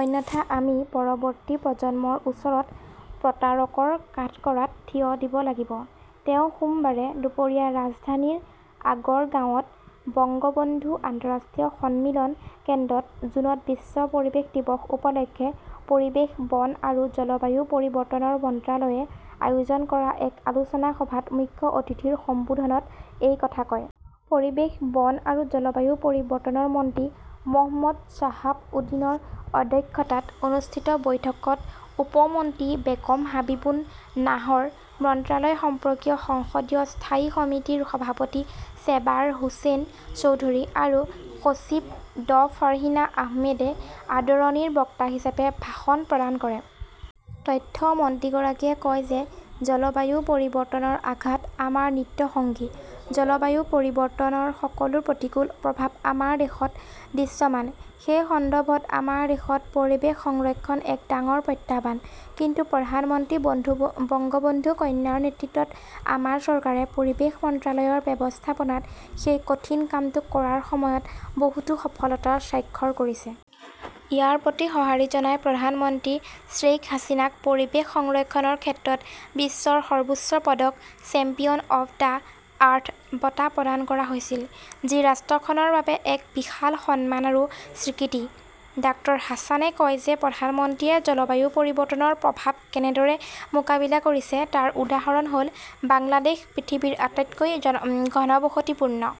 অন্যথা আমি পৰৱৰ্তী প্ৰজন্মৰ ওচৰত প্ৰতাৰকৰ কাঠগড়াত থিয় দিব লাগিব। তেওঁ সোমবাৰে দুপৰীয়া ৰাজধানীৰ আগৰগাঁৱত বঙ্গবন্ধু আন্তঃৰাষ্ট্ৰীয় সন্মিলন কেন্দ্ৰত জুনত বিশ্ব পৰিৱেশ দিৱস উপলক্ষে পৰিৱেশ, বন আৰু জলবায়ু পৰিৱৰ্তন মন্ত্ৰালয়ে আয়োজন কৰা এক আলোচনা সভাত মুখ্য অতিথিৰ সম্বোধনত এই কথা কয়। পৰিৱেশ, বন আৰু জলবায়ু পৰিৱৰ্তন মন্ত্ৰী মহম্মদ শ্বাহাব উদিনৰ অধ্যক্ষতাত অনুষ্ঠিত বৈঠকত উপ মন্ত্ৰী বেগম হাবিবুন নাহৰ, মন্ত্ৰালয় সম্পৰ্কীয় সংসদীয় স্থায়ী সমিতিৰ সভাপতি চেবাৰ হোসেন চৌধুৰী আৰু সচিব ড ফাৰ্হিনা আহমেদে আদৰণি বক্তা হিচাপে ভাষণ প্ৰদান কৰে। তথ্য মন্ত্ৰীগৰাকীয়ে কয় যে জলবায়ু পৰিৱৰ্তনৰ আঘাত আমাৰ নিত্য সঙ্গী। জলবায়ু পৰিৱৰ্তনৰ সকলো প্ৰতিকূল প্ৰভাৱ আমাৰ দেশত দৃশ্যমান। সেই সন্দৰ্ভত আমাৰ দেশত পৰিৱেশ সংৰক্ষণ এক ডাঙৰ প্ৰত্যাহ্বান। কিন্তু প্ৰধানমন্ত্ৰী বঙ্গবন্ধু কন্যাৰ নেতৃত্বত আমাৰ চৰকাৰে পৰিৱেশ মন্ত্ৰালয়ৰ ব্যৱস্থাপনাত সেই কঠিন কামটো কৰাৰ সময়ত বহুতো সফলতাৰ স্বাক্ষৰ কৰিছে। ইয়াৰ প্ৰতি সঁহাৰি জনাই প্ৰধানমন্ত্ৰী শ্বেইখ হাছিনাক পৰিৱেশ সংৰক্ষণৰ ক্ষেত্ৰত বিশ্বৰ সৰ্বোচ্চ পদক "চেম্পিয়ন অৱ দ্য আৰ্থ" বঁটা প্ৰদান কৰা হৈছিল, যি ৰাষ্ট্ৰখনৰ বাবে এক বিশাল সন্মান আৰু স্বীকৃতি। ডাঃ হাছানে কয় যে প্ৰধানমন্ত্ৰীয়ে জলবায়ু পৰিৱৰ্তনৰ প্ৰভাৱ কেনেদৰে মোকাবিলা কৰিছে তাৰ উদাহৰণ হ'ল বাংলাদেশ, পৃথিৱীৰ আটাইতকৈ ঘনবসতিপূৰ্ণ।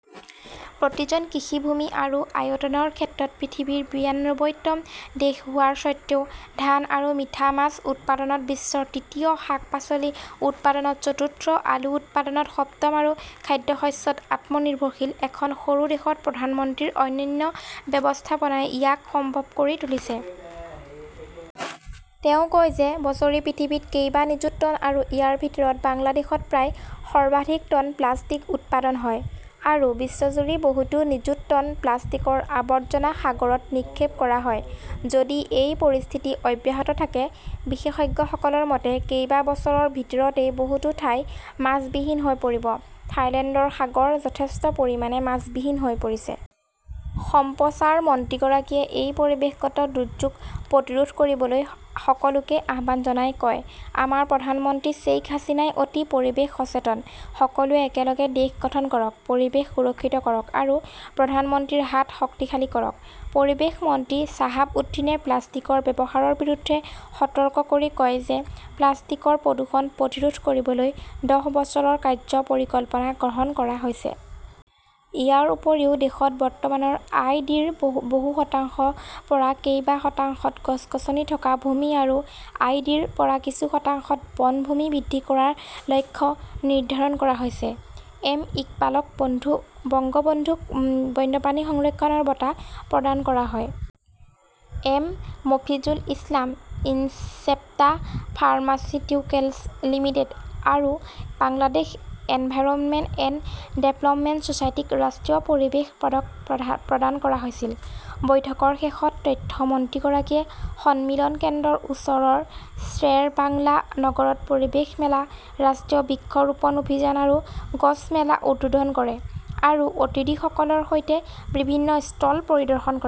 প্ৰতি জন কৃষি ভূমি আৰু আয়তনৰ ক্ষেত্ৰত পৃথিৱীৰ বিয়ান্নব্বৈতম দেশ হোৱাৰ স্বত্ত্বেও ধান আৰু মিঠা মাছ উৎপাদনত বিশ্বৰ তৃতীয়, শাক-পাচলি উৎপাদনত চতুৰ্থ, আলু উৎপাদনত সপ্তম আৰু খাদ্যশস্যত আত্মনিৰ্ভৰশীল। এখন সৰু দেশত প্ৰধানমন্ত্ৰীৰ অনন্য ব্যৱস্থাপনাই ইয়াক সম্ভৱ কৰি তুলিছিল। তেওঁ কয় যে বছৰি পৃথিৱীত কেইবা নিযুত টন আৰু ইয়াৰ ভিতৰত বাংলাদেশত প্ৰায় সৰ্বাধিক টন প্লাষ্টিক উৎপাদন হয় আৰু বিশ্বজুৰি বহুতো নিযুত টন প্লাষ্টিকৰ আৱৰ্জনা সাগৰত নিক্ষেপ কৰা হয়। যদি এই পৰিস্থিতি অব্যাহত থাকে, বিশেষজ্ঞসকলৰ মতে কেইবা বছৰৰ ভিতৰতেই বহুতো ঠাই মাছবিহীন হৈ পৰিব, থাইলেণ্ডৰ সাগৰ যথেষ্ট পৰিমাণে মাছবিহীন হৈ পৰিছে। সম্প্ৰচাৰ মন্ত্ৰীগৰাকীয়ে এই পৰিৱেশগত দুৰ্যোগ প্ৰতিৰোধ কৰিবলৈ সকলোকে আহ্বান জনাই কয়, "আমাৰ প্ৰধানমন্ত্ৰী শ্বেইখ হাছিনাই অতি পৰিৱেশ সচেতন। সকলোৱে একেলগে দেশ গঠন কৰক, পৰিৱেশ সুৰক্ষিত কৰক আৰু প্ৰধানমন্ত্ৰীৰ হাত শক্তিশালী কৰক"। পৰিৱেশ মন্ত্ৰী শ্বাহাব উদ্দীনে প্লাষ্টিকৰ ব্যৱহাৰৰ বিৰুদ্ধে সতৰ্ক কৰি কয় যে প্লাষ্টিকৰ প্ৰদূষণ প্ৰতিৰোধ কৰিবলৈ দহ বছৰৰ কাৰ্য্য পৰিকল্পনা গ্ৰহণ কৰা হৈছে। ইয়াৰ উপৰিও, দেশত বৰ্তমানৰ আই. ডি.ৰ বহু শতাংশৰ পৰা কেইবা শতাংশত গছ-গছনি থকা ভূমি আৰু আই. ডি. ৰ পৰা কিছু শতাংশত বনভূমি বৃদ্ধি কৰাৰ লক্ষ্য নিৰ্ধাৰণ কৰা হৈছে। এম. ইকবালক বঙ্গবন্ধু বন্যপ্ৰাণী সংৰক্ষণ বঁটা প্ৰদান কৰা হয়। M. Mofizul Islam, Incepta pharmaceuticals limited আৰু বাংলাদেশ এনভাইৰনমেণ্ট এণ্ড ডেভেলপমেণ্ট ছ'চাইটিক ৰাষ্ট্ৰীয় পৰিৱেশ পদক প্ৰদান কৰা হৈছিল। বৈঠকৰ শেষত তথ্য মন্ত্ৰীগৰাকীয়ে সন্মিলন কেন্দ্ৰৰ ওচৰৰ শ্বেৰেবাংলা নগৰত পৰিৱেশ মেলা, ৰাষ্ট্ৰীয় বৃক্ষ ৰোপণ অভিযান আৰু গছ মেলা উদ্বোধন কৰে আৰু অতিথিসকলৰ সৈতে বিভিন্ন ষ্টল পৰিদৰ্শন কৰে।